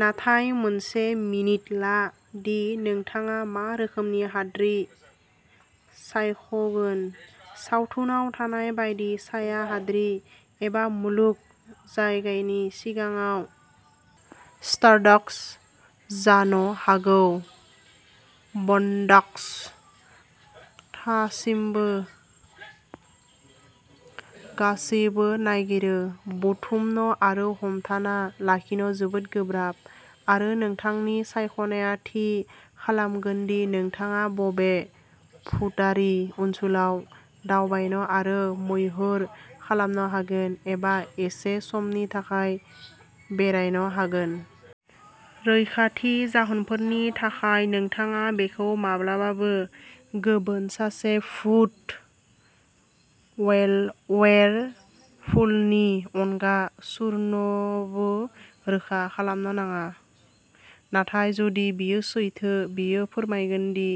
नाथाय मोनसे मिनिट ला दि नोंथाङा मा रोखोमनि हाद्रि सायखगोन? सावथुनाव थानाय बायदि साया हाद्रि? एबा मुलुग जागायनायनि सिगांनि स्टारडास्ट? जानो हागौ बनडास्ट? गासिबो नागिरनो, बुथुमनो आरो हमथाना लाखिनो जोबोद गोब्राब। आरो नोंथांनि सायख'नाया थि खालामगोन दि नोंथाङा बबे भुतारि ओनसोलाव दावबायनो आरो मैहुर खालामनो हागोन-एबा एसे समनि थाखाय बेरायनो हागोन। रैखाथि जाहोनफोरनि थाखाय, नोंथाङा बेखौ माब्लाबाबो गुबुन सासे भुत वेयरवुल्फनि अनगा सोरनोबो रोखा खालामनो नाङा, नाथाय जुदि बेयो सैथो, बेयो फोरमायगोन दि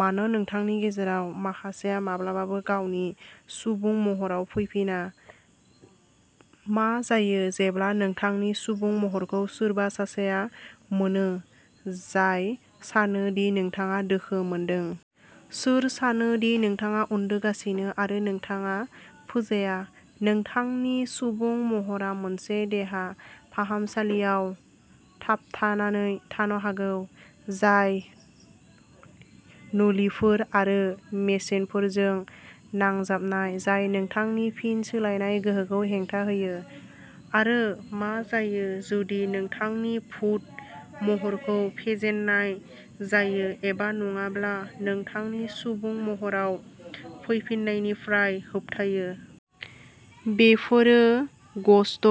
मानो नोंथांनि गेजेराव माखासेआ माब्लाबाबो गावनि सुबुं महराव फैफिना। मा जायो जेब्ला नोंथांनि सुबुं महरखौ सोरबा सासेआ मोनो जाय सानो दि नोंथाङा दुखु मोनदों? सोर सानो दि नोंथाङा उन्दुगासिनो आरो नोंथाङा फोजाया? नोंथांनि सुबुं महरआ मोनसे देहा फाहामसालियाव थाबथानानै थानो हागौ, जाय नोलिफोर आरो मेसिनफोरजों नांजाबनाय, जाय नोंथांनि फिन सोलायनाय गोहोखौ हेंथा होयो। आरो मा जायो जुदि नोंथांनि भुत महरखौ फेजेननाय जायो एबा नङाब्ला नोंथांनि सुबुं महराव फैफिन्नायनिफ्राय होबथायो? बेफोरो ग'स्ट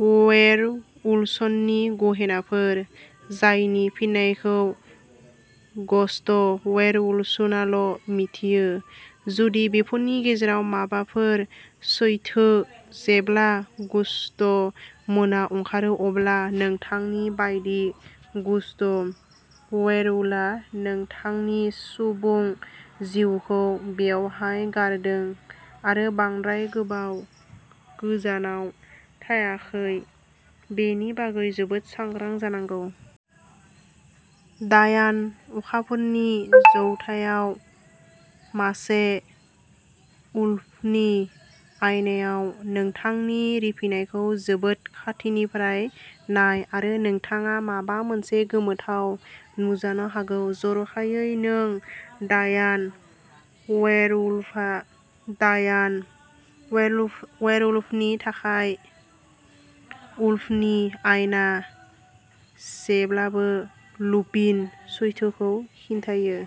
वेयरवुल्व्सनि गहेनाफोर, जायनि फिननायखौ ग'स्ट वेयरवुल्व्सआल'मिथियो। जुदि बेफोरनि गेजेराव माबाफोर सैथो, जेब्ला ग'स्ट मुनआ ओंखारो, अब्ला नोंथांनि बायदि ग'स्ट वेयरवुल्वआ नोंथांनि सुबुं जिउखौ बबेहाय नागारदों आरो बांद्राय गोबाव गोजानाव थायाखै बेनि बागै जोबोद सांग्रां जानांगौ। डायान अखाफोरनि जौथायाव मासे वुल्फनि आयनायाव नोंथांनि रिफिनायखौ जोबोद खाथिनिफ्राय नाय आरो नोंथाङा माबा मोनसे गोमोथाव नुजानो हागौ। जर'खायै नों डायान वेयरवुल्फब्ला। डायान वेयरवुल्फनि थाखाय, वुल्फनि आइना जेब्लाबो लुपिन सैथोखौ खिन्थायो।